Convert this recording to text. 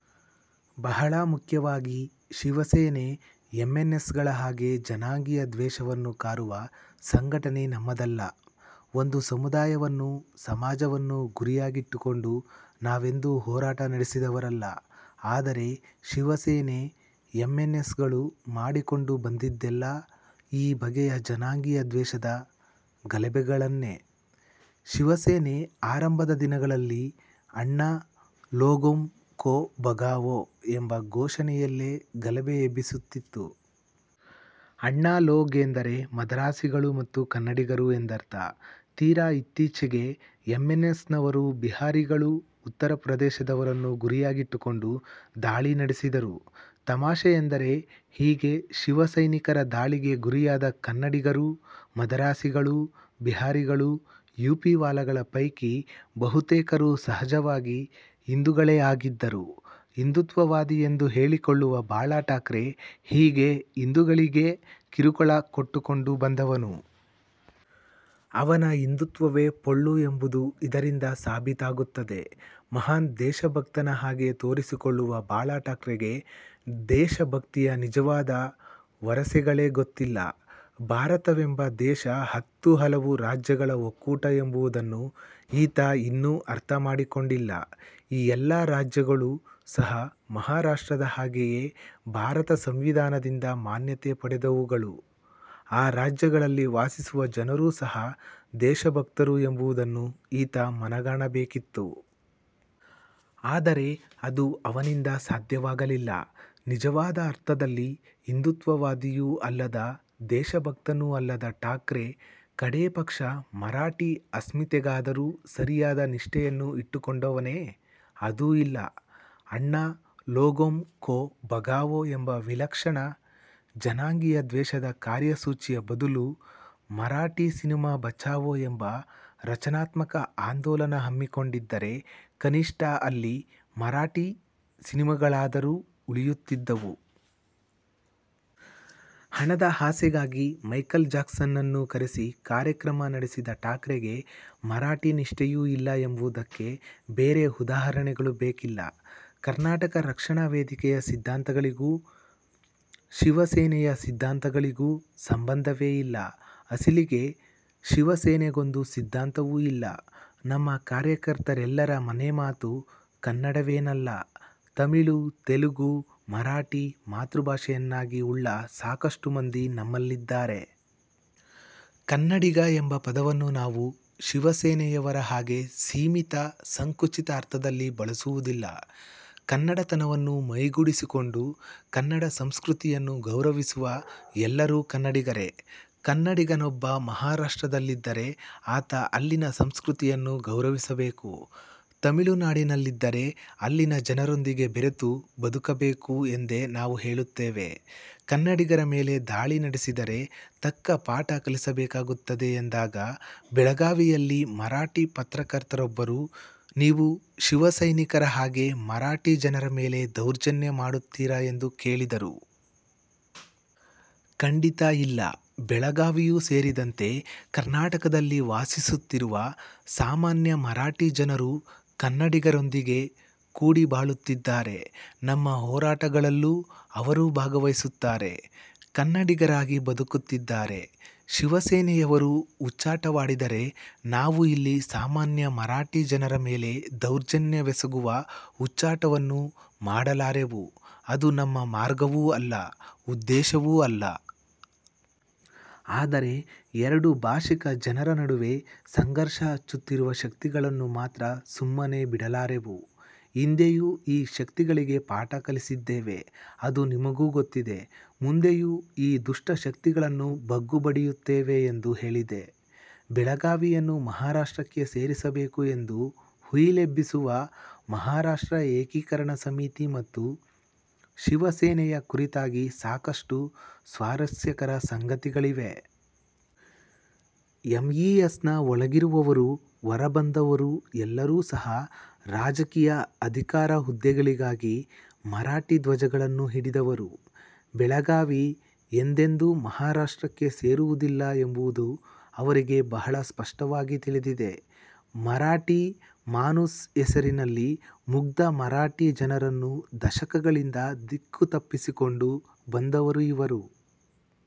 ಬಹಳ ಮುಖ್ಯವಾಗಿ ಶಿವಸೇನೆ, ಎಂಎನ್ಎಸ್ ಗಳ ಹಾಗೆ ಜನಾಂಗೀಯ ದ್ವೇಷವನ್ನು ಕಾರುವ ಸಂಘಟನೆ ನಮ್ಮದಲ್ಲ. ಒಂದು ಸಮುದಾಯವನ್ನು, ಸಮಾಜವನ್ನು ಗುರಿಯಾಗಿಟ್ಟುಕೊಂಡು ನಾವೆಂದೂ ಹೋರಾಟ ನಡೆಸಿದವರಲ್ಲ. ಆದರೆ ಶಿವಸೇನೆ, ಎಂಎನ್ಎಸ್ ಗಳು ಮಾಡಿಕೊಂಡು ಬಂದಿದ್ದೆಲ್ಲ ಈ ಬಗೆಯ ಜನಾಂಗೀಯ ದ್ವೇಷದ ಗಲಭೆಗಳನ್ನೆ. ಶಿವಸೇನೆ ಆರಂಭದ ದಿನಗಳಲ್ಲಿ 'ಅಣ್ಣಾ ಲೋಗೋಂ ಕೊ ಭಗಾವೋ ಎಂಬ ಘೋಷಣೆಯಲ್ಲೇ ಗಲಭೆ ಎಬ್ಬಿಸುತ್ತಿತ್ತು. ಅಣ್ಣಾ ಲೋಗ್ ಎಂದರೆ ಮದರಾಸಿಗಳು ಮತ್ತು ಕನ್ನಡಿಗರು ಎಂದರ್ಥ. ತೀರಾ ಇತ್ತೀಚಿಗೆ ಎಂಎನ್ಎಸ್ನವರು ಬಿಹಾರಿಗಳು, ಉತ್ತರ ಪ್ರದೇಶದವರನ್ನು ಗುರಿಯಾಗಿಟ್ಟುಕೊಂಡು ದಾಳಿ ನಡೆಸಿದರು. ತಮಾಷೆ ಎಂದರೆ ಹೀಗೆ ಶಿವಸೈನಿಕರ ದಾಳಿಗೆ ಗುರಿಯಾದ ಕನ್ನಡಿಗರು, ಮದರಾಸಿಗಳು, ಬಿಹಾರಿಗಳು, ಯುಪಿವಾಲಾಗಳ ಪೈಕಿ ಬಹುತೇಕರು ಸಹಜವಾಗಿ ಹಿಂದುಗಳೇ ಆಗಿದ್ದರು. ಹಿಂದುತ್ವವಾದಿ ಎಂದು ಹೇಳಿಕೊಳ್ಳುವ ಬಾಳಾ ಠಾಕ್ರೆ ಹೀಗೆ ಹಿಂದೂಗಳಿಗೇ ಕಿರುಕುಳ ಕೊಟ್ಟುಕೊಂಡು ಬಂದವನು. ಅವನ ಹಿಂದುತ್ವವೇ ಪೊಳ್ಳು ಎಂಬುದು ಇದರಿಂದ ಸಾಬೀತಾಗುತ್ತದೆ. ಮಹಾನ್ ದೇಶಭಕ್ತನ ಹಾಗೆ ತೋರಿಸಿಕೊಳ್ಳುವ ಬಾಳಠಾಕ್ರೆಗೆ ದೇಶಭಕ್ತಿಯ ನಿಜವಾದ ವರಸೆಗಳೇ ಗೊತ್ತಿಲ್ಲ. ಭಾರತವೆಂಬ ದೇಶ ಹತ್ತು ಹಲವು ರಾಜ್ಯಗಳ ಒಕ್ಕೂಟ ಎಂಬುದನ್ನು ಈತ ಇನ್ನೂ ಅರ್ಥ ಮಾಡಿಕೊಂಡಿಲ್ಲ. ಈ ಎಲ್ಲ ರಾಜ್ಯಗಳೂ ಸಹ ಮಹಾರಾಷ್ಟ್ರದ ಹಾಗೆಯೇ ಭಾರತ ಸಂವಿಧಾನದಿಂದ ಮಾನ್ಯತೆ ಪಡೆದವುಗಳು, ಆ ರಾಜ್ಯಗಳಲ್ಲಿ ವಾಸಿಸುವ ಜನರೂ ಸಹ ದೇಶಭಕ್ತರು ಎಂಬುದನ್ನು ಈತ ಮನಗಾಣಬೇಕಿತ್ತು. ಆದರೆ ಅದು ಅವನಿಂದ ಸಾಧ್ಯವಾಗಲಿಲ್ಲ. ನಿಜವಾದ ಅರ್ಥದಲ್ಲಿ ಹಿಂದುತ್ವವಾದಿಯೂ ಅಲ್ಲದ, ದೇಶಭಕ್ತನೂ ಅಲ್ಲದ ಠಾಕ್ರೆ ಕಡೇ ಪಕ್ಷ ಮರಾಠೀ ಅಸ್ಮಿತೆಗಾದರೂ ಸರಿಯಾದ ನಿಷ್ಠೆಯನ್ನು ಇಟ್ಟುಕೊಂಡವನೇ? ಅದೂ ಇಲ್ಲ. 'ಅಣ್ಣಾ ಲೋಗೋಂ ಕೊ ಭಗಾವೋ ಎಂಬ ವಿಲಕ್ಷಣ, ಜನಾಂಗೀಯ ದ್ವೇಷದ ಕಾರ್ಯಸೂಚಿಯ ಬದಲು 'ಮರಾಠೀ ಸಿನಿಮಾ ಬಚಾವೋ ಎಂಬ ರಚನಾತ್ಮಕ ಆಂದೋಲನ ಹಮ್ಮಿಕೊಂಡಿದ್ದರೆ ಕನಿಷ್ಠ ಅಲ್ಲಿ ಮರಾಠಿ ಸಿನಿಮಾಗಳಾದರೂ ಉಳಿಯುತ್ತಿದ್ದವು. ಹಣದ ಆಸೆಗಾಗಿ ಮೈಕಲ್ ಜಾಕ್ಸನ್ನನ್ನು ಕರೆಸಿ ಕಾರ್ಯಕ್ರಮ ನಡೆಸಿದ ಠಾಕ್ರೆಗೆ ಮರಾಠಿ ನಿಷ್ಠೆಯೂ ಇಲ್ಲ ಎಂಬುದಕ್ಕೆ ಬೇರೆ ಉದಾಹರಣೆಗಳು ಬೇಕಿಲ್ಲ. ಕರ್ನಾಟಕ ರಕ್ಷಣಾ ವೇದಿಕೆಯ ಸಿದ್ಧಾಂತಗಳಿಗೂ ಶಿವಸೇನೆಯ ಸಿದ್ಧಾಂತಗಳಿಗೂ ಸಂಬಂಧವೇ ಇಲ್ಲ. ಅಸಲಿಗೆ ಶಿವಸೇನೆಗೊಂದು ಸಿದ್ಧಾಂತವೂ ಇಲ್ಲ. ನಮ್ಮ ಕಾರ್ಯಕರ್ತರೆಲ್ಲರ ಮನೆಮಾತು ಕನ್ನಡವೇನಲ್ಲ. ತಮಿಳು, ತೆಲುಗು, ಮರಾಠಿ ಮಾತೃಭಾಷೆಯನ್ನಾಗಿ ಉಳ್ಳ ಸಾಕಷ್ಟು ಮಂದಿ ನಮ್ಮಲ್ಲಿದ್ದಾರೆ. 'ಕನ್ನಡಿಗ ಎಂಬ ಪದವನ್ನು ನಾವು ಶಿವಸೇನೆಯವರ ಹಾಗೆ ಸೀಮಿತ, ಸಂಕುಚಿತ ಅರ್ಥದಲ್ಲಿ ಬಳಸುವುದಿಲ್ಲ. ಕನ್ನಡತನವನ್ನು ಮೈಗೂಡಿಸಿಕೊಂಡು, ಕನ್ನಡ ಸಂಸ್ಕೃತಿಯನ್ನು ಗೌರವಿಸುವ ಎಲ್ಲರೂ ಕನ್ನಡಿಗರೇ. ಕನ್ನಡಿಗನೊಬ್ಬ ಮಹಾರಾಷ್ಟ್ರದಲ್ಲಿದ್ದರೆ ಆತ ಅಲ್ಲಿನ ಸಂಸ್ಕೃತಿಯನ್ನು ಗೌರವಿಸಬೇಕು, ತಮಿಳುನಾಡಿನಲ್ಲಿದ್ದರೆ ಅಲ್ಲಿನ ಜನರೊಂದಿಗೆ ಬೆರೆತು ಬದುಕಬೇಕು ಎಂದೇ ನಾವು ಹೇಳುತ್ತೇವೆ. 'ಕನ್ನಡಿಗರ ಮೇಲೆ ದಾಳಿ ನಡೆಸಿದರೆ, ತಕ್ಕ ಪಾಠ ಕಲಿಸಬೇಕಾಗುತ್ತದೆ ಎಂದಾಗ ಬೆಳಗಾವಿಯಲ್ಲಿ ಮರಾಠಿ ಪತ್ರಕರ್ತರೊಬ್ಬರು, 'ನೀವು ಶಿವಸೈನಿಕರ ಹಾಗೆ ಮರಾಠಿ ಜನರ ಮೇಲೆ ದೌರ್ಜನ್ಯ ಮಾಡುತ್ತೀರಾ ಎಂದು ಕೇಳಿದರು. 'ಖಂಡಿತ ಇಲ್ಲ, ಬೆಳಗಾವಿಯೂ ಸೇರಿದಂತೆ ಕರ್ನಾಟಕದಲ್ಲಿ ವಾಸಿಸುತ್ತಿರುವ ಸಾಮಾನ್ಯ ಮರಾಠಿ ಜನರು ಕನ್ನಡಿಗರೊಂದಿಗೆ ಕೂಡಿ ಬಾಳುತ್ತಿದ್ದಾರೆ. ನಮ್ಮ ಹೋರಾಟಗಳಲ್ಲೂ ಅವರು ಭಾಗವಹಿಸುತ್ತಾರೆ, ಕನ್ನಡಿಗರಾಗಿ ಬದುಕುತ್ತಿದ್ದಾರೆ. ಶಿವಸೇನೆಯವರು ಹುಚ್ಚಾಟವಾಡಿದರೆ, ನಾವು ಇಲ್ಲಿ ಸಾಮಾನ್ಯ ಮರಾಠಿ ಜನರ ಮೇಲೆ ದೌರ್ಜನ್ಯವೆಸಗುವ ಹುಚ್ಚಾಟವನ್ನು ಮಾಡಲಾರೆವು. ಅದು ನಮ್ಮ ಮಾರ್ಗವೂ ಅಲ್ಲ, ಉದ್ದೇಶವೂ ಅಲ್ಲ. ಆದರೆ ಎರಡೂ ಭಾಷಿಕ ಜನರ ನಡುವೆ ಸಂಘರ್ಷ ಹಚ್ಚುತ್ತಿರುವ ಶಕ್ತಿಗಳನ್ನು ಮಾತ್ರ ಸುಮ್ಮನೆ ಬಿಡಲಾರೆವು. ಹಿಂದೆಯೂ ಈ ಶಕ್ತಿಗಳಿಗೆ ಪಾಠ ಕಲಿಸಿದ್ದೇವೆ. ಅದು ನಿಮಗೂ ಗೊತ್ತಿದೆ. ಮುಂದೆಯೂ ಈ ದುಷ್ಟ ಶಕ್ತಿಗಳನ್ನು ಬಗ್ಗುಬಡಿಯುತ್ತೇವೆ. ಎಂದು ಹೇಳಿದೆ. ಬೆಳಗಾವಿಯನ್ನು ಮಹಾರಾಷ್ಟ್ರಕ್ಕೆ ಸೇರಿಸಬೇಕು ಎಂದು ಹುಯಿಲೆಬ್ಬಿಸುವ ಮಹಾರಾಷ್ಟ್ರ ಏಕೀಕರಣ ಸಮಿತಿ ಮತ್ತು ಶಿವಸೇನೆಯ ಕುರಿತಾಗಿ ಸಾಕಷ್ಟು ಸ್ವಾರಸ್ಯಕರ ಸಂಗತಿಗಳಿವೆ. ಎಂಇಎಸ್ನ ಒಳಗಿರುವವರು, ಹೊರಬಂದವರು ಎಲ್ಲರೂ ಸಹ ರಾಜಕೀಯ ಅಧಿಕಾರ-ಹುದ್ದೆಗಳಿಗಾಗಿ ಮರಾಠಿ ಧ್ವಜಗಳನ್ನು ಹಿಡಿದವರು. ಬೆಳಗಾವಿ ಎಂದೆಂದೂ ಮಹಾರಾಷ್ಟ್ರಕ್ಕೆ ಸೇರುವುದಿಲ್ಲ ಎಂಬುದು ಇವರಿಗೆ ಬಹಳ ಸ್ಪಷ್ಟವಾಗಿ ತಿಳಿದಿದೆ. ಮರಾಠಿ ಮಾನೂಸ್ ಹೆಸರಿನಲ್ಲಿ ಮುಗ್ಧ ಮರಾಠಿ ಜನರನ್ನು ದಶಕಗಳಿಂದ ದಿಕ್ಕು ತಪ್ಪಿಸಿಕೊಂಡು ಬಂದವರು ಇವರು.